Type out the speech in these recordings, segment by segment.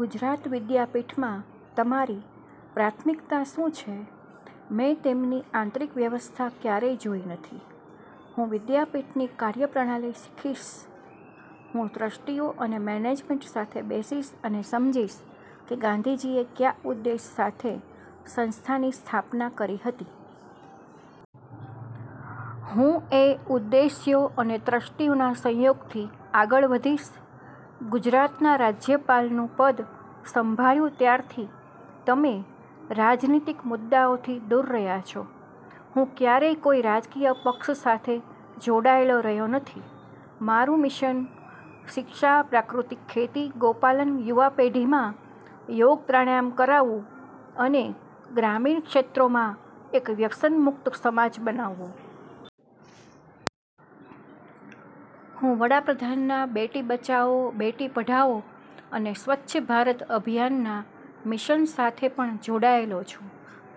ગુજરાત વિદ્યાપીઠમાં તમારી પ્રાથમિક્તા શું છે? મેં તેમની આંતરિક વ્યવસ્થા ક્યારે જોઈ નથી. હું વિદ્યાપીઠની કાર્યપ્રણાલી સિખીશ. હું ટ્રસ્ટીઓ અને મેનેજમેન્ટ સાથે બેસીશ અને સમજીશ કે ગાંધીજીએ કયા ઉદેશ્ય સાથે સંસ્થાની સ્થાપના કરી હતી. હું એ ઉદેશ્યો અને ટ્રસ્ટીઓના સહયોગથી આગળ વધીશ. ગુજરાતના રાજ્યપાલનું પદ સંભાળ્યું ત્યારથી તમે રાજનીતિક મુદ્દાઓથી દૂર રહ્યા છો હું ક્યારે કોઈ રાજકીય પક્ષ સાથે જોડાયેલો રહ્યો નથી. મારું મિશન શિક્ષા, પ્રાકૃતિક ખેતી, ગૌપાલન, યુવા પેઠીમાં યોગ પ્રાણાયામ કરાવવું અને ગ્રામીણ ક્ષેત્રોમાં એક વ્યસન મુક્ત સમાજ બનાવવો. હું વડાપ્રધાનના બેટી બચાઓ, બેટી પઢાઓ અને સ્વચ્છ ભારત અભિયાનના મિશન સાથે પણ જોડાયેલો છું.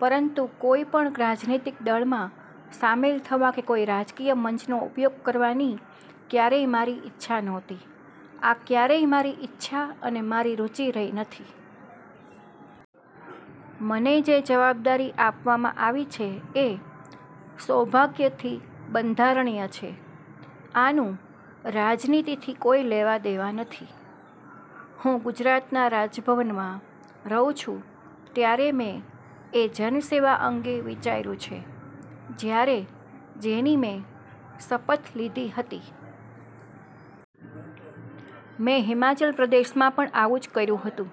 પરંતુ કોઈપણ રાજનીતિક દળમાં સામેલ થવા કે કોઈ રાજકીય મંચનો ઉપયોગ કરવાની ક્યારે મારી ઈચ્છા ન્હોતી. આ ક્યારેય મારી ઇચ્છા અને મારી રુચી રહી નથી. મને જે જવાબદારી આપવામાં આવી છે એ સૌભાગ્યથી બંધારણીય છે. આનું રાજનીતિથી કોઈ લેવા-દેવા નથી. હું ગુજરાતના રાજભવનમાં રહું છું ત્યારે મેં એ જનસેવા અંગે વિચાર્યું છે જ્યારે જેની મેં શપથ લીધી હતી. મેં હિમાચલ પ્રદેશમાં પણ આવું જ કર્યું હતું.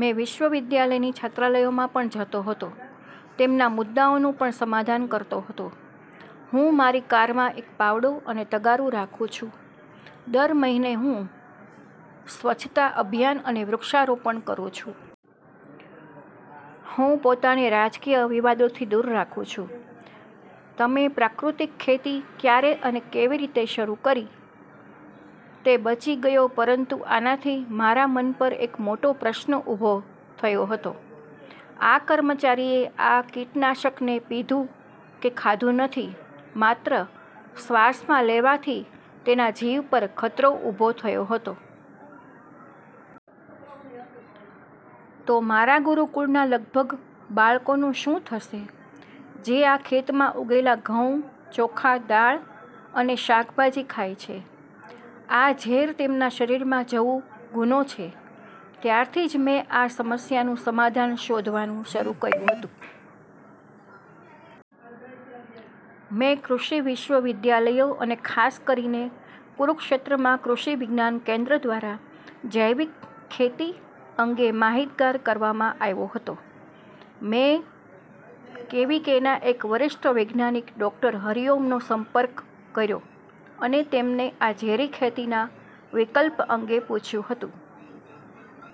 મેં વિશ્વવિદ્યાલયની છાત્રાલયોમાં પણ જતો હતો. તેમના મુદ્દાઓનું પણ સમાધાન કરતો હતો. હું મારી કારમાં એક પાવડો અને તગારું રાખું છું. દર મહિને હું સ્વચ્છતા અભિયાન અને વૃક્ષારોપણ કરું છું. હું પોતાને રાજકીય વિવાદોથી દૂર રાખું છું. તમે પ્રાકૃતિક ખેતી ક્યારે અને કેવી રીતે શરૂ કરી? તે બચી ગયો પરંતુ આનાથી મારા મન પર એક મોટો પ્રશ્ન ઊભો થયો હતો. આ કર્મચારીએ આ કીટનાશકને પીધું કે ખાધું નથી માત્ર શ્વાસમાં લેવાથી તેના જીવ પર ખતરો ઊભો થયો હતો. તો મારા ગુરુકુળના લગભગ બાળકોનું શું થશે જે આ ખેતમાં ઉગેલા ઘઉં, ચોખા, દાળ અને શાકભાજી ખાય છે. આ ઝેર તેમના શરીરમાં જવું ગુનો છે. ત્યારથી જ મેં આ સમસ્યાનું સમાધાન શોધવાનું શરું કર્યું હતું. મેં કૃષિ વિશ્વવિદ્યાલયો અને ખાસ કરીને કુરુક્ષેત્રમાં કૃષિ વિજ્ઞાન કેન્દ્ર દ્વારા જૈવિક ખેતી અંગે માહિતગાર કરવામાં આવ્યો હતો. મેં કેવીકેના એક વરિષ્ઠ વૈજ્ઞાનિક ડો. હરિઓમનો સંપર્ક કર્યો અને તેમને આ ઝેરી ખેતીના વિકલ્પ અંગે પૂછ્યું હતું.